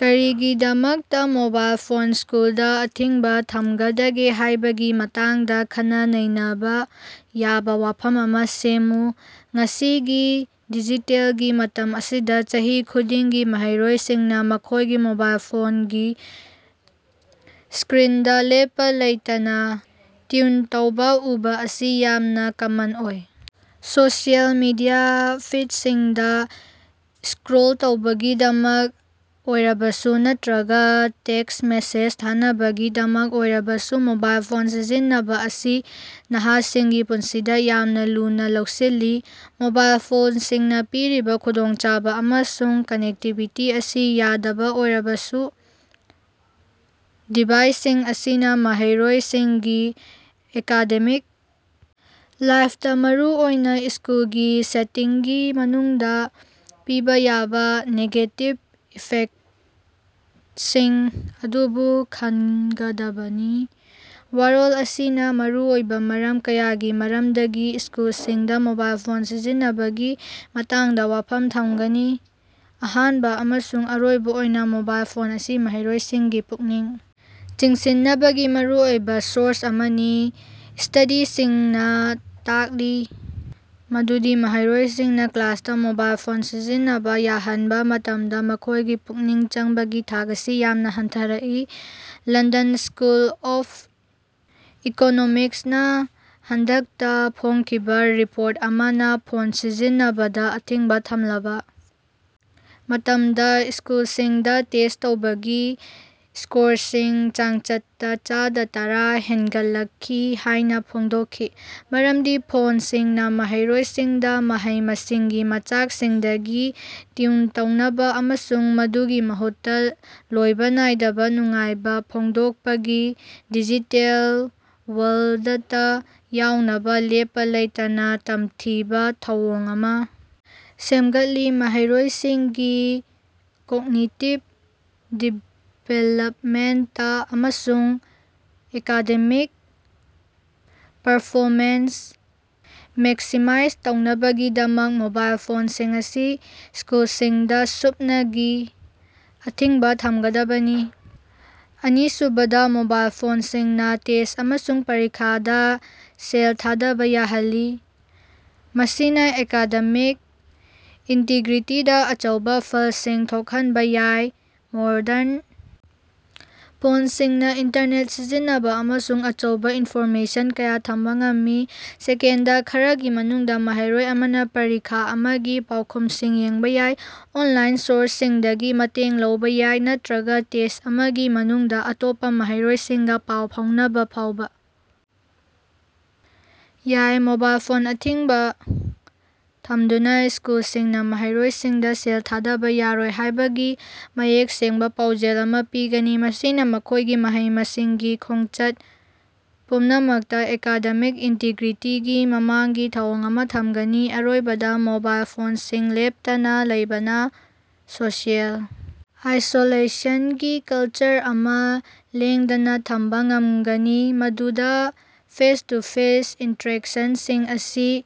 ꯀꯔꯤꯒꯤꯗꯃꯛꯇꯥ mobile phone ꯏꯁ꯭ꯀꯨꯜꯗꯥ ꯑꯊꯤꯡꯕꯥ ꯊꯝꯒꯗꯒꯦ ꯍꯥꯏꯕꯒꯤ ꯃꯇꯥꯡꯗ ꯈꯟꯅ-ꯅꯩꯅꯕꯥ ꯌꯥꯕ ꯋꯥꯐꯝ ꯑꯃ ꯁꯦꯝꯃꯨ꯫ ꯉꯁꯤꯒꯤ ꯗꯤꯖꯤꯇꯦꯜꯒꯤ ꯃꯇꯝ ꯑꯁꯤꯗ ꯆꯍꯤ ꯈꯨꯗꯤꯡꯒꯤ ꯃꯍꯩꯔꯣꯏꯁꯤꯡꯅ ꯃꯈꯣꯏꯒꯤ ꯃꯣꯕꯥꯏꯜ ꯐꯣꯟꯒꯤ ꯏꯁꯀ꯭ꯔꯤꯟꯗꯥ ꯂꯦꯞꯄꯥ ꯂꯩꯇꯅꯥ ꯇ꯭ꯌꯨꯟ ꯇꯧꯕꯥ ꯎꯕꯥ ꯑꯁꯤ ꯌꯥꯝꯅ ꯀꯃꯟ ꯑꯣꯏ꯫ ꯁꯣꯁꯤꯌꯦꯜ ꯃꯤꯗꯤꯌꯥ ꯐꯤꯗꯁꯤꯡꯗ ꯏꯁꯀ꯭ꯔꯣꯜ ꯇꯧꯕꯒꯤꯗꯃꯛ ꯑꯣꯏꯔꯕꯁꯨ ꯅꯠꯇ꯭ꯔꯒꯥ ꯇꯦꯛꯁ ꯃꯦꯁꯦꯖ ꯊꯥꯅꯕꯒꯤꯗꯃꯛ ꯑꯣꯏꯔꯕꯁꯨ ꯃꯣꯕꯥꯏꯜ ꯐꯣꯟ ꯁꯤꯖꯤꯟꯅꯕ ꯑꯁꯤ ꯅꯍꯥꯁꯤꯡꯒꯤ ꯄꯨꯟꯁꯤꯗ ꯌꯥꯝꯅ ꯂꯨꯅ ꯂꯧꯁꯤꯜꯂꯤ꯫ ꯃꯣꯕꯥꯏꯜ ꯐꯣꯟꯁꯤꯡꯅ ꯄꯤꯔꯤꯕ ꯈꯨꯗꯣꯡꯆꯥꯕꯥ ꯑꯃꯁꯨꯡ ꯀꯅꯦꯛꯇꯤꯕꯤꯇꯤ ꯑꯁꯤ ꯌꯥꯗꯕ ꯑꯣꯏꯔꯕꯁꯨ, ꯗꯤꯚꯥꯏꯁꯁꯤꯡ ꯑꯁꯤꯅ ꯃꯍꯩꯔꯣꯏꯁꯤꯡꯒꯤ ꯑꯦꯀꯥꯗꯦꯃꯤꯛ ꯂꯥꯏꯐꯇꯥ, ꯃꯔꯨꯑꯣꯏꯅ ꯁ꯭ꯀꯨꯜꯒꯤ ꯁꯦꯇꯤꯡꯒꯤ ꯃꯅꯨꯡꯗ ꯄꯤꯕ ꯌꯥꯕ ꯅꯦꯒꯦꯇꯤꯚ ꯏꯐꯦꯛꯇꯁꯤꯡ ꯑꯗꯨꯁꯨ ꯈꯟꯒꯗꯕꯅꯤ꯫ ꯋꯥꯔꯣꯜ ꯑꯁꯤꯅ ꯃꯔꯨꯑꯣꯏꯕ ꯃꯔꯝ ꯀꯌꯥꯒꯤ ꯃꯔꯝꯗꯒꯤ ꯁ꯭ꯀꯨꯜꯁꯤꯡꯗ ꯃꯣꯕꯥꯏꯜ ꯐꯣꯟ ꯁꯤꯖꯤꯟꯅꯕꯒꯤ ꯃꯇꯥꯡꯗ ꯋꯥꯐꯝ ꯊꯝꯒꯅꯤ꯫ ꯑꯍꯥꯟꯕ ꯑꯃꯁꯨꯡ ꯑꯔꯣꯏꯕ ꯑꯣꯏꯅ ꯃꯣꯕꯥꯏꯜ ꯐꯣꯟ ꯑꯁꯤ ꯃꯍꯩꯔꯣꯏꯁꯤꯡꯒꯤ ꯄꯨꯛꯅꯤꯡ ꯆꯤꯡꯁꯤꯟꯅꯕꯒꯤ ꯃꯔꯨꯑꯣꯏꯕ ꯁꯣꯔꯁ ꯑꯃꯅꯤ꯫ ꯁ꯭ꯇꯗꯤꯁꯤꯡꯅ ꯇꯥꯛꯂꯤ ꯃꯗꯨꯗꯤ ꯃꯍꯩꯔꯣꯏꯁꯤꯡꯅ ꯀ꯭ꯂꯥꯁꯇꯥ ꯃꯣꯕꯥꯏꯜ ꯐꯣꯟ ꯁꯤꯖꯤꯟꯅꯕ ꯌꯥꯍꯟꯕ ꯃꯇꯝꯗ ꯃꯈꯣꯏꯒꯤ ꯄꯨꯛꯅꯤꯡ ꯆꯪꯕꯒꯤ ꯊꯥꯛ ꯑꯁꯤ ꯌꯥꯝꯅ ꯍꯟꯊꯔꯛꯏ꯫ ꯂꯟꯗꯟ ꯁ꯭ꯀꯨꯜ ꯑꯣꯐ ꯏꯀꯣꯅꯣꯃꯤꯛꯁꯅ ꯍꯟꯗꯛꯇ ꯐꯣꯡꯈꯤꯕ ꯔꯤꯄꯣꯔꯠ ꯑꯃꯅ ꯐꯣꯟ ꯁꯤꯖꯤꯟꯅꯕꯗ ꯑꯊꯤꯡꯕ ꯊꯝꯂꯕ ꯃꯇꯝꯗ ꯁ꯭ꯀꯨꯁꯤꯡꯗ ꯇꯦꯁ ꯇꯧꯕꯒꯤ ꯁ꯭ꯀꯣꯔꯁꯤꯡ ꯆꯥꯡꯆꯠꯇꯥ ꯆꯥꯗ ꯇꯔꯥ ꯍꯦꯟꯒꯠꯂꯛꯈꯤ ꯍꯥꯏꯅ ꯐꯣꯡꯗꯣꯛꯈꯤ꯫ ꯃꯔꯝꯗꯤ ꯐꯣꯟꯁꯤꯡꯅ ꯃꯍꯩꯔꯣꯏꯁꯤꯡꯗ ꯃꯍꯩ-ꯃꯁꯤꯡꯒꯤ ꯃꯆꯥꯛꯁꯤꯡꯗꯒꯤ ꯇ꯭ꯌꯨꯟ ꯇꯧꯅꯕꯥ ꯑꯃꯁꯨꯡ ꯃꯗꯨꯒꯤ ꯃꯍꯨꯠꯇ ꯂꯣꯏꯕ ꯅꯥꯏꯗꯕ ꯅꯨꯡꯉꯥꯏꯕ ꯐꯣꯡꯗꯣꯛꯄꯒꯤ ꯗꯤꯖꯤꯇꯦꯜ ꯋꯥꯔꯜꯗꯇ ꯌꯥꯎꯅꯕ ꯂꯦꯞꯄꯥ ꯂꯩꯇꯅ ꯇꯝꯊꯤꯕ ꯊꯧꯑꯣꯡ ꯑꯃ ꯁꯦꯝꯒꯠꯂꯤ꯫ ꯃꯍꯩꯔꯣꯏꯁꯤꯡꯒꯤ ꯀꯣꯒꯅꯤꯇꯤꯕ ꯗꯤꯚꯦꯂꯞꯃꯦꯟꯇꯥ ꯑꯃꯁꯨꯡ ꯑꯦꯀꯥꯗꯦꯃꯤꯛ ꯄꯔꯐꯣꯃꯦꯟꯁ ꯃꯦꯛꯁꯤꯃꯥꯏꯖ ꯇꯧꯅꯕꯒꯤꯗꯃꯛ, ꯃꯣꯕꯥꯏꯜ ꯐꯣꯟꯁꯤꯡ ꯑꯁꯤ ꯁ꯭ꯀꯨꯜꯁꯤꯡꯗ ꯁꯨꯞꯅꯒꯤ ꯑꯊꯤꯡꯕ ꯊꯝꯒꯗꯕꯅꯤ꯫ ꯑꯅꯤꯁꯨꯕꯗ, ꯃꯣꯕꯥꯏꯜ ꯐꯣꯟꯁꯤꯡꯅ ꯇꯦꯁ ꯑꯃꯁꯨꯡ ꯄꯔꯤꯈꯥꯗ ꯁꯦꯜ ꯊꯥꯗꯕ ꯌꯥꯍꯜꯂꯤ, ꯃꯁꯤꯅ ꯑꯦꯀꯥꯗꯦꯃꯤꯛ ꯏꯟꯇꯤꯒ꯭ꯔꯤꯇꯤꯗ ꯑꯆꯧꯕ ꯐꯜꯁꯤꯡ ꯊꯣꯛꯍꯟꯕ ꯌꯥꯏ꯫ ꯃꯣꯔꯗꯟ ꯐꯣꯟꯁꯤꯡꯅ ꯏꯟꯇꯔꯅꯦꯠ ꯁꯤꯖꯤꯟꯅꯕ ꯑꯃꯁꯨꯡ ꯑꯆꯧꯕ ꯏꯅꯐꯣꯔꯃꯦꯁꯟ ꯀꯌꯥ ꯊꯝꯕ ꯉꯝꯃꯤ꯫ ꯁꯦꯀꯦꯟꯗ ꯈꯔꯒꯤ ꯃꯅꯨꯡꯗ ꯃꯍꯩꯔꯣꯏ ꯑꯃꯅ ꯄꯔꯤꯈꯥ ꯑꯃꯒꯤ ꯄꯥꯎꯈꯨꯝꯁꯤꯡ ꯌꯦꯡꯕ ꯌꯥꯏ, ꯑꯣꯟꯂꯥꯏꯟ ꯁꯣꯔꯁꯁꯤꯡꯗꯒꯤ ꯃꯇꯦꯡ ꯂꯧꯕ ꯌꯥꯏ ꯅꯠꯇ꯭ꯔꯒꯥ ꯇꯦꯁ ꯑꯃꯒꯤ ꯃꯅꯨꯡꯗ ꯑꯇꯣꯞꯄꯥ ꯃꯍꯩꯔꯣꯏꯁꯤꯡꯒ ꯄꯥꯎ ꯐꯥꯎꯅꯕ ꯐꯥꯎꯕ ꯌꯥꯏ꯫ ꯃꯣꯕꯥꯏꯜ ꯐꯣꯟ ꯑꯊꯤꯡꯕ ꯊꯝꯗꯨꯅ ꯁ꯭ꯀꯨꯜꯁꯤꯡꯅ ꯃꯍꯩꯔꯣꯏꯁꯤꯡꯗ ꯁꯦꯜ ꯊꯥꯗꯕ ꯌꯥꯔꯣꯏ ꯍꯥꯏꯕꯒꯤ ꯃꯌꯦꯛ ꯁꯦꯡꯕꯥ ꯄꯥꯎꯖꯦꯜ ꯑꯃꯥ ꯄꯤꯒꯅꯤ, ꯃꯁꯤꯅ ꯃꯈꯣꯏꯒꯤ ꯃꯍꯩ-ꯃꯁꯤꯡꯒꯤ ꯈꯣꯉꯆꯠ ꯄꯨꯝꯅꯃꯛꯇꯥ ꯑꯦꯀꯥꯗꯦꯃꯤꯛ ꯏꯟꯇꯤꯒ꯭ꯔꯤꯇꯤꯒꯤ ꯃꯃꯥꯡꯒꯤ ꯊꯧꯑꯣꯡ ꯑꯃ ꯊꯝꯒꯅꯤ꯫ ꯑꯔꯣꯏꯕꯗ, ꯃꯣꯕꯥꯏꯜ ꯐꯣꯟꯁꯤꯡ ꯂꯦꯞꯇꯅꯥ ꯂꯩꯕꯅ ꯁꯣꯁꯤꯑꯦꯜ ꯑꯥꯏꯁꯣꯂꯦꯁꯟꯒꯤ ꯀꯜꯆꯔ ꯑꯃ ꯂꯦꯡꯗꯅ ꯊꯝꯕ ꯉꯝꯒꯅꯤ ꯃꯗꯨꯗ ꯐꯦꯁ-ꯇꯨ-ꯐꯦꯁ ꯏꯟꯇꯔꯦꯛꯁꯟꯁꯤꯡ ꯑꯁꯤ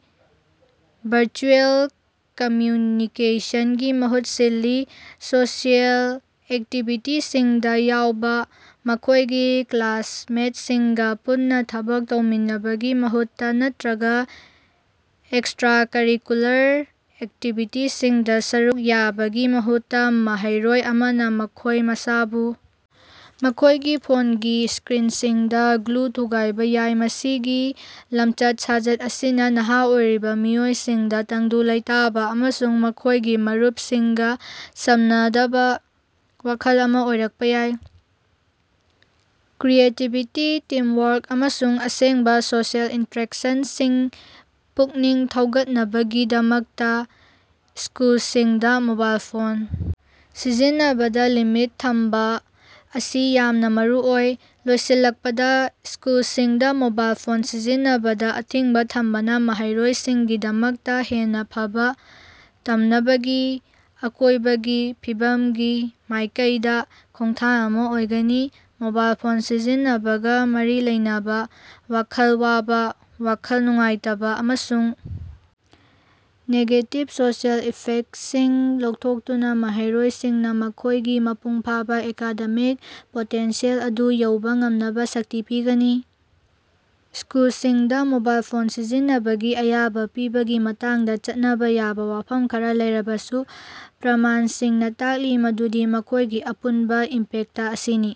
ꯚꯔꯆꯨꯑꯦꯜ ꯀꯝꯃꯌꯨꯅꯤꯀꯦꯁꯟꯒꯤ ꯃꯍꯨꯠ ꯁꯤꯜꯂꯤ꯫ ꯁꯣꯁꯤꯑꯦꯜ ꯑꯦꯛꯇꯤꯚꯤꯇꯤꯁꯤꯡꯗ ꯌꯥꯎꯕ, ꯃꯈꯣꯏꯒꯤ ꯀ꯭ꯂꯥꯁꯃꯦꯇꯁꯤꯡꯒ ꯄꯨꯟꯅ ꯊꯕꯛ ꯇꯧꯃꯤꯟꯅꯕꯒꯤ ꯃꯍꯨꯠꯇꯥ ꯅꯠꯇ꯭ꯔꯒ ꯑꯦꯛꯁꯇꯔꯥꯀꯔꯤꯀꯨꯂꯔ ꯑꯦꯛꯇꯤꯚꯤꯇꯤꯁꯤꯡꯗ ꯁꯔꯨꯛ ꯌꯥꯕꯒꯤ ꯃꯍꯨꯠꯇ, ꯃꯍꯩꯔꯣꯏ ꯑꯃꯅ ꯃꯈꯣꯏ ꯃꯁꯥꯕꯨ ꯃꯈꯣꯏꯒꯤ ꯐꯣꯟꯒꯤ ꯁ꯭ꯀꯔꯤꯟꯁꯤꯡꯗ ꯒ꯭ꯂꯨ ꯊꯨꯒꯥꯏꯕ ꯌꯥꯏ꯫ ꯃꯁꯤꯒꯤ ꯂꯃꯆꯠ-ꯁꯥꯖꯠ ꯑꯁꯤꯅ ꯅꯍꯥ ꯑꯣꯏꯔꯤꯕ ꯃꯤꯑꯣꯏꯁꯤꯡꯗ ꯇꯪꯗꯨ ꯂꯩꯇꯥꯕ ꯑꯃꯁꯨꯡ ꯃꯈꯣꯏꯒꯤ ꯃꯔꯨꯄꯁꯤꯡꯒ ꯁꯝꯅꯗꯕ ꯋꯥꯈꯜ ꯑꯃꯥ ꯑꯣꯏꯔꯛꯄꯥ ꯌꯥꯏ꯫ ꯀ꯭ꯔꯤꯌꯦꯇꯤꯕꯤꯇꯤ, ꯇꯤꯝꯋꯥꯔꯛ ꯑꯃꯁꯨꯡ ꯑꯁꯦꯡꯕ ꯁꯣꯁꯤꯑꯦꯜ ꯏꯟꯇꯔꯦꯛꯁꯟꯁꯤꯡ ꯄꯨꯛꯅꯤꯡ ꯊꯧꯒꯠꯅꯕꯒꯤꯗꯃꯛꯇꯥ ꯁ꯭ꯀꯨꯜꯁꯤꯡꯗ ꯃꯣꯕꯥꯏꯜ ꯐꯣꯟ ꯁꯤꯖꯤꯟꯅꯕꯗ ꯂꯤꯃꯤꯠ ꯊꯝꯕ ꯑꯁꯤ ꯌꯥꯝꯅ ꯃꯔꯨꯑꯣꯏ꯫ ꯂꯣꯏꯁꯤꯜꯂꯛꯄꯗ, ꯏꯁ꯭ꯀꯨꯜꯁꯤꯡꯗ ꯃꯣꯕꯥꯏꯜ ꯐꯣꯟ ꯁꯤꯖꯤꯟꯅꯕꯗ ꯑꯊꯤꯡꯕ ꯊꯝꯕꯅ ꯃꯍꯩꯔꯣꯏꯁꯤꯡꯒꯤꯗꯃꯛꯇꯥ ꯍꯦꯟꯅ ꯐꯕ ꯇꯝꯅꯕꯒꯤ ꯑꯀꯣꯏꯕꯒꯤ ꯐꯤꯕꯝꯒꯤ ꯃꯥꯏꯀꯩꯗ ꯈꯣꯡꯊꯥꯡ ꯑꯃ ꯑꯣꯏꯒꯅꯤ꯫ ꯃꯣꯕꯥꯏꯜ ꯐꯣꯟ ꯁꯤꯖꯤꯟꯅꯕꯒ ꯃꯔꯤ ꯂꯩꯅꯕ ꯋꯥꯈꯜ ꯋꯥꯕ, ꯋꯥꯈꯜ ꯅꯨꯡꯉꯥꯏꯇꯕ ꯑꯃꯁꯨꯡ ꯅꯦꯒꯦꯇꯤꯕ ꯁꯣꯁꯤꯑꯦꯜ ꯏꯐꯦꯛꯇꯁꯤꯡ ꯂꯧꯊꯣꯛꯇꯨꯅ ꯃꯍꯩꯔꯣꯏꯁꯤꯡꯅ ꯃꯈꯣꯏꯒꯤ ꯃꯄꯨꯡ ꯐꯥꯕ ꯑꯦꯀꯥꯗꯦꯃꯤꯛ ꯄꯣꯇꯦꯟꯁꯤꯌꯦꯜ ꯑꯗꯨ ꯌꯧꯕ ꯉꯝꯅꯕ ꯁꯛꯇꯤ ꯄꯤꯒꯅꯤ꯫ ꯁ꯭ꯀꯨꯜꯁꯤꯡꯗ ꯃꯣꯕꯥꯏꯜ ꯐꯣꯟ ꯁꯤꯖꯤꯟꯅꯕꯒꯤ ꯑꯌꯥꯕ ꯄꯤꯕꯒꯤ ꯃꯇꯥꯡꯗ ꯆꯠꯅꯕ ꯌꯥꯕ ꯋꯥꯐꯝ ꯈꯔꯥ ꯂꯩꯔꯕꯁꯨ, ꯄ꯭ꯔꯃꯥꯟꯁꯤꯡꯅ ꯇꯥꯛꯂꯤ ꯃꯗꯨꯗꯤ ꯃꯈꯣꯏꯒꯤ ꯑꯄꯨꯟꯕ ꯏꯝꯄꯦꯛꯇ ꯑꯁꯤꯅꯤ꯫